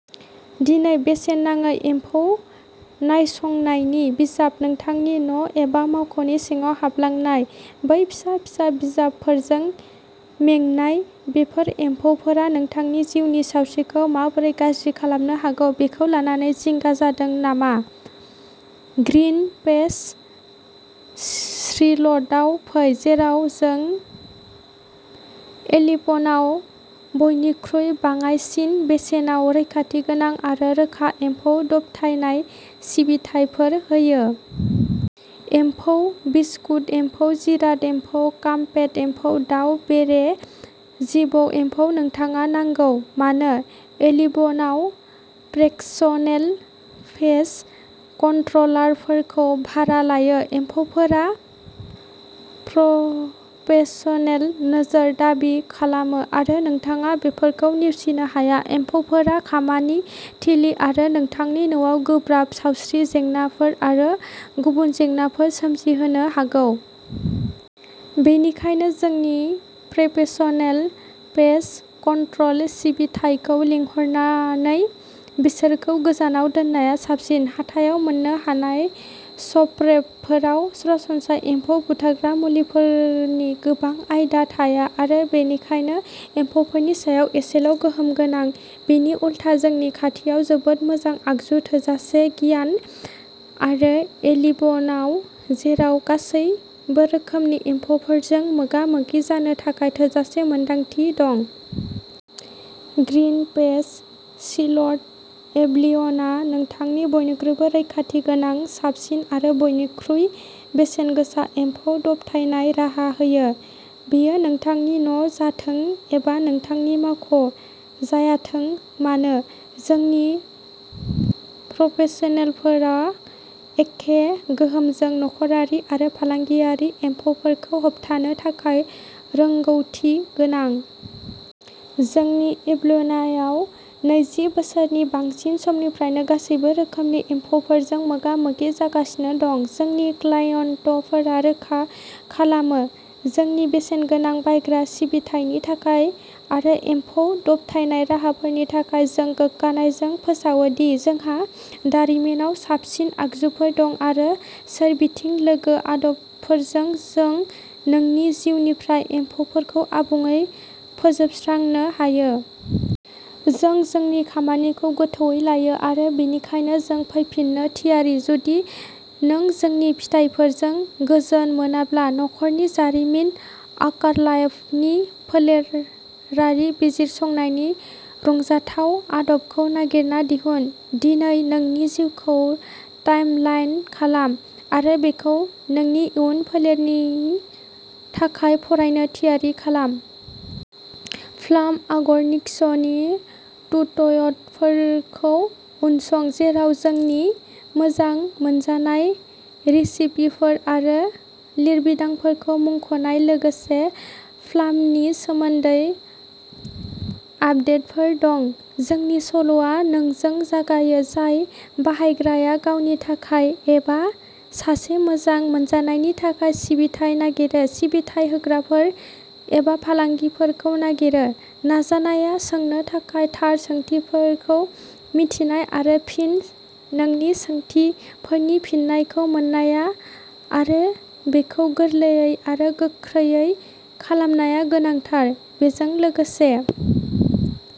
दिनै बेसेन नाङै एम्फौ नायसंनायनि बिजाब नोंथांनि न' एबा मावख'नि सिङाव हाबलांनाय बै फिसा फिसा जिबफोरजों मेंनाय, बेफोर एम्फौफोरा नोंथांनि जिउनि सावस्रिखौ माबोरै गाज्रि खालामनो हागौ बेखौ लानानै जिंगा जादों नामा? ग्रीन पेस्ट शील्डआव फै जेराव जों एल्बियनआव बयनिख्रुइ बाङाइसिन बेसेनाव रैखाथि गोनां आरो रोखा एम्फौ दबथायनाय सिबिथाइफोर होयो। एमफौ, बिस्कुट एम्फौ, जिराद, एम्फौ, कार्पेट एम्फौ, दाउ, बेरे, जिबौ, एम्फौ नोंथाङा नांगौ। मानो एल्बियनाव प्रफेशनेल पेस्ट कन्ट्र'लारफोरखौ भारा लायो? एम्फौफोरा प्रफेशनेल नोजोर दाबि खालामो आरो नोंथाङा बेफोरखौ नेवसिनो हाया। एम्फौफोरा खामानि थिलि आरो नोंथांनि न'आव गोब्राब सावस्रि जेंनाफोर आरो गुबुन जेंनाफोर सोमजिहोनो हागौ। बेनिखायनो जोंनि प्रफेशनेल पेस्ट कन्ट्र'ल सिबिथाइखौ लिंहरनानै बिसोरखौ गोजानाव दोननाया साबसिन। हाथायाव मोन्नो हानाय स्प्रेफोराव सरासनस्रायै एम्फौ बुथारग्रा मुलिफोरनि गोबां आयदा थाया आरो बेनिखायनो एम्फौफोरनि सायाव एसेल' गोहोम गोनां। बिनि उलथा, जोंनि खाथियाव जोबोद मोजां आगजु, थोजासे गियान आरो एल्बियनाव जेरावबो गासैबो रोखोमनि एम्फौफोरजों मोगा-मोगि जानो थाखाय थोजासे मोन्दांथि दं। ग्रीन पेस्ट शील्ड एल्बियना नोंथांनो बयनिख्रुइबो रैखाथि गोनां, साबसिन आरो बयनिख्रुइ बेसेनगोसा एम्फौ दबथायनाय राहा होयो। बेयो नोंथांनि न' जाथों एबा नोंथांनि मावख' जायाथों मानो, जोंनि प्रफेशनेलफोरा एखे गोहोजों नखरारि आरो फालांगियारि एम्फौफोरखौ होबथानो थाखाय रोंग'थि गोनां। जों एल्बियनाव नैजि बोसोरनि बांसिन समनिफ्राय गासैबो रोखोमनि एम्फौफोरजों मोगा-मोगि जागासिनो दं। जोंनि क्लाइन्टफोरा रोखा खालामो। जोंनि बेसेनगोनां बायग्रा सिबिथायनि थाखाय आरो एम्फौ दबथायनाय राहाफोरनि थाखाय। जों गोग्गानायजों फोसावो दि जोंहा दारिमिनाव साबसिन आगजुफोर दं आरो सोरबिथिं लोगो आदबफोरजों जों नोंनि जिउनिफ्राय एम्फौफोरखौ आबुङै फोजोबस्रांनो हायो। जों जोंनि खामानिखौ गोथौवै लायो आरो बेनिखायनो जों फैफिननो थियारि, जुदि नों जोंनि फिथायफोरजों गोजोन मोनाब्ला। नखरनि जारिमिन आर्कालाइफनि फोलेरारि बिजिरसंनायनि रंजाथाव आदबखौ नागिरना दिहुन। दिनै नोंनि जिउखौ टाइमलाइन खालाम आरो बेखौ नोंनि इयुन फोलेरफोरनि थाखाय फरायनो थियारि खालाम। प्लाम अर्गेनिक्सनि टुइटफोरखौ उनसं, जेराव जोंनि मोजां मोनजानाय रेसिपिफोर आरो लिरबिदांफोरनि मुंख'नाय लोगोसे प्लामनि सोमोन्दै आपडेटफोर दं। जोंनि सल'आ नोंजों जागायो, जाय बाहायग्राया गावनि थाखाय एबा सासे मोजां मोनजानायनि थाखाय सिबिथाइ नागिरो। सिबिथाइ होग्राफोर एबा फालांगिफोरखौ नागिरनो नाजानाया, सोंनो थाखाय थार सोंथिफोरखौ मिन्थिनाय आरो फिन नोंनि सोंथिफोरनि फिननायखौ मोननाया आरो बेखौ गोरलैयै आरो गोख्रै खालामनाया गोनांथार। बेजों लोगोसे